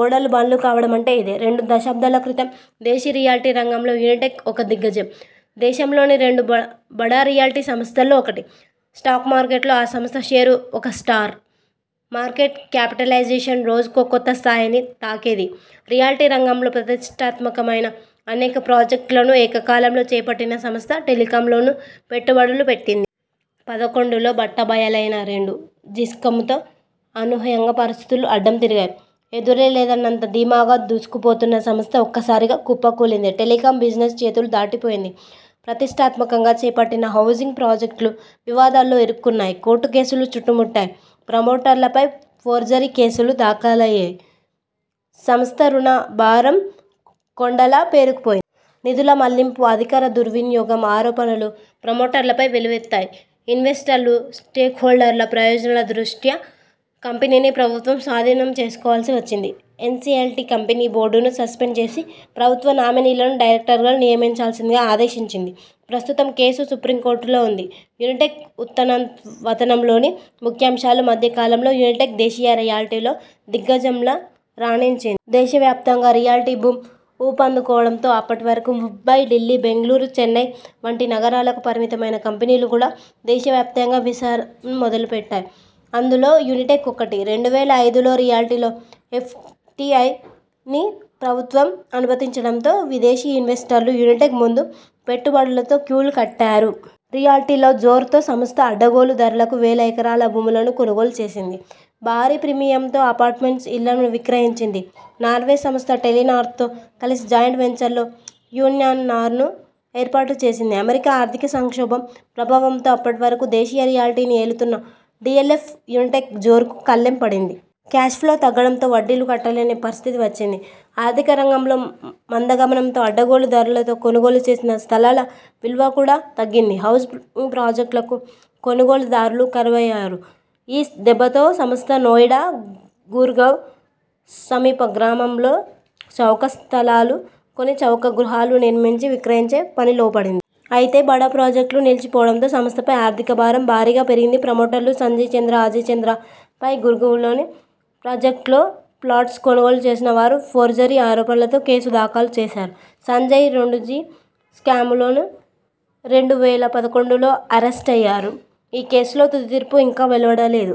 ఓడలు బండ్లు కావడమంటే ఇదే. రెండు దశాబ్దాల క్రితం దేశీ రియల్టీ రంగంలో యునిటెక్ ఒక దిగ్గజం. దేశంలోని రెండు బడా రియల్టీ సంస్థల్లో ఒకటి. స్టాక్ మార్కెట్లో ఆ సంస్థ షేరు ఒక స్టార్. మార్కెట్ క్యాపిటలైజేషన్ రోజుకో కొత్త స్థాయిని తాకేది. రియల్టీ రంగంలో ప్రతిష్టాత్మకమైన అనేక ప్రాజెక్టులను ఏకకాలంలో చేపట్టిన సంస్థ టెలికాంలోనూ పెట్టుబడులు పెట్టింది. పదకొండులో బట్టబయలైన రెండు జిస్కామ్తో అనూహ్యంగా పరిస్థితులు అడ్డం తిరిగాయి. ఎదురేలేదన్నంత ధీమాగా దూసుకుపోతున్న సంస్థ ఒక్కసారిగా కుప్పకూలింది. టెలికాం బిజినెస్ చేతులు దాటిపోయింది. ప్రతిష్టాత్మకంగా చేపట్టిన హౌజింగ్ ప్రాజెక్టులు వివాదాల్లో ఇరుక్కున్నాయి. కోర్టు కేసులు చుట్టుముట్టాయి. ప్రమోటర్లపై ఫోర్జరీ కేసులు దాఖలయ్యాయి. సంస్థ రుణ భారం కొండలా పేరుకుపోయింది. నిధుల మళ్లింపు, అధికార దుర్వినియోగం ఆరోపణలు ప్రమోటర్లపై వెల్లువెత్తాయి. ఇన్వెస్టర్లు, స్టేక్హోల్డర్ల ప్రయోజనాల దృష్ట్యా కంపెనీని ప్రభుత్వం స్వాధీనం చేసుకోవాల్సి వచ్చింది. ఎన్సిఎల్టి కంపెనీ బోర్డును సస్పెండ్ చేసి ప్రభుత్వ నామినీలను డైరెక్టర్లుగా నియమించాల్సిందిగా ఆదేశించింది. ప్రస్తుతం కేసు సుప్రీంకోర్టులో ఉంది. యునిటెక్ ఉత్థానపతనంలోని ముఖ్యాంశాలు మధ్య కాలంలో యునిటెక్ దేశీయ రియల్టీలో దిగ్గజంలా రాణించింది. దేశవ్యాప్తంగా రియల్టీ బూమ్ ఊపందుకోవడంతో అప్పటివరకు ముంబై, ఢిల్లీ, బెంగళూరు, చెన్పై వంటి నగరాలకు పరిమితమైన కంపెనీలు కూడా దేశవ్యాప్తంగా విస్తరణ మొదలుపెట్టాయి. అందులో యునిటెక్ ఒకటి. రెండు వేల ఐదులో రియల్టీలో ఎఫ్డిఐని ప్రభుత్వం అనుమతించడంతో విదేశీ ఇన్వెస్టర్లు యునిటెక్ ముందు పెట్టుబడులతో క్యూలు కట్టారు. రియల్టీలో జోరుతో సంస్థ అడ్డగోలు ధరలకు వేల ఎకరాల భూములను కొనుగోలు చేసింది. భారీ ప్రీమియంతో అపార్ట్మెంట్స్, ఇళ్లను విక్రయించింది. నార్వే సంస్థ టెలినార్తో కలిసి జాయింట్ వెంచర్లో యునినార్ను ఏర్పాటు చేసింది. ఆమెరికా ఆర్థిక సంక్షోభం ప్రభావంతో అప్పటి వరకు దేశీయ రియల్టీని ఏలుతున్న డిఎల్ఎఫ్, యునిటెక్ జోరుకు కళ్లెం పడింది. క్యాష్ ఫ్లో తగ్గడంతో వడ్డీలు కట్టలేని పరిస్థితి వచ్చింది. ఆర్థిక రంగంలో మందగమనంతో అడ్డగోలు ధరలతో కొనుగోలు చేసిన స్థలాల విలువ కూడా తగ్గింది. హౌజింగ్ ప్రాజెక్టులకు కొనుగోలుదారులు కరువయ్యారు. ఈ దెబ్బతో సంస్థ నోయిడా, గుర్గావ్ సమీప గ్రామాల్లో చౌకగా స్థలాలు కొని చౌక గృహాలు నిర్మించి విక్రయించే పనిలోపడింది. అయితే బడా ప్రాజెక్టులు నిల్చిపోవడంతో సంస్థపై ఆర్థిక భారం భారీగా పెరిగింది. ప్రమోటర్లు సంజయ్ చంద్ర, అజయ్ చంద్ర పై గుర్గావ్లోని ప్రాజెక్టులో ఫ్లాట్స్ కొనుగోలు చేసిన వారు ఫోర్జరీ ఆరోపణలతో కేసు దాఖలు చేశారు. సంజయ్ రెండుజి స్కామ్లోనూ రెండు వేల పదకొండులో అరెస్టయ్యారు ఈ కేసులో తుది తీర్పు ఇంకా వెలువడలేదు.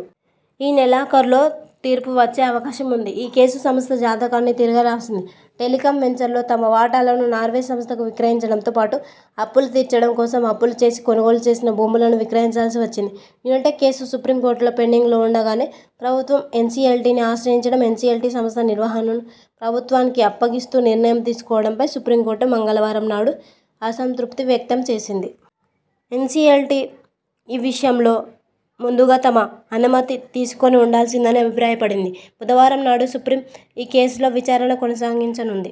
ఈ నెలాఖరులో తీర్పువచ్చే అవకాశం ఉంది. ఈ కేసు సంస్థ జాతకాన్ని తిరగరాసింది. టెలికాం వెంచర్లో తమ వాటాలను నార్వే సంస్థకు విక్రయించడంతో పాటు అప్పులు తీర్చడం కోసం అప్పులు చేసి కొనుగోలు చేసిన భూములను విక్రయించాల్సి వచ్చింది. యునిటెక్ కేసు సుప్రీం కోర్టులో పెండింగ్లో ఉండగానే ప్రభుత్వం ఎన్సిఎల్టిని ఆశ్రయించడం, ఎన్సిఎల్టి సంస్థ నిర్వహణను ప్రభుత్వానికి అప్పగిస్తూ నిర్ణయం తీసుకోవడంపై సుప్రీంకోర్టు మంగళవారం నాడు అసంతృప్తి వ్యక్తం చేసింది. ఎన్సిఎల్టి ఈ విషయంలో ముందుగా తమ అనుమతి తీసుకొని ఉండాల్సిందని అభిప్రాయపడింది. బుధవారం నాడు సుప్రీం ఈ కేసులో విచారణ కొనసాగించనుంది.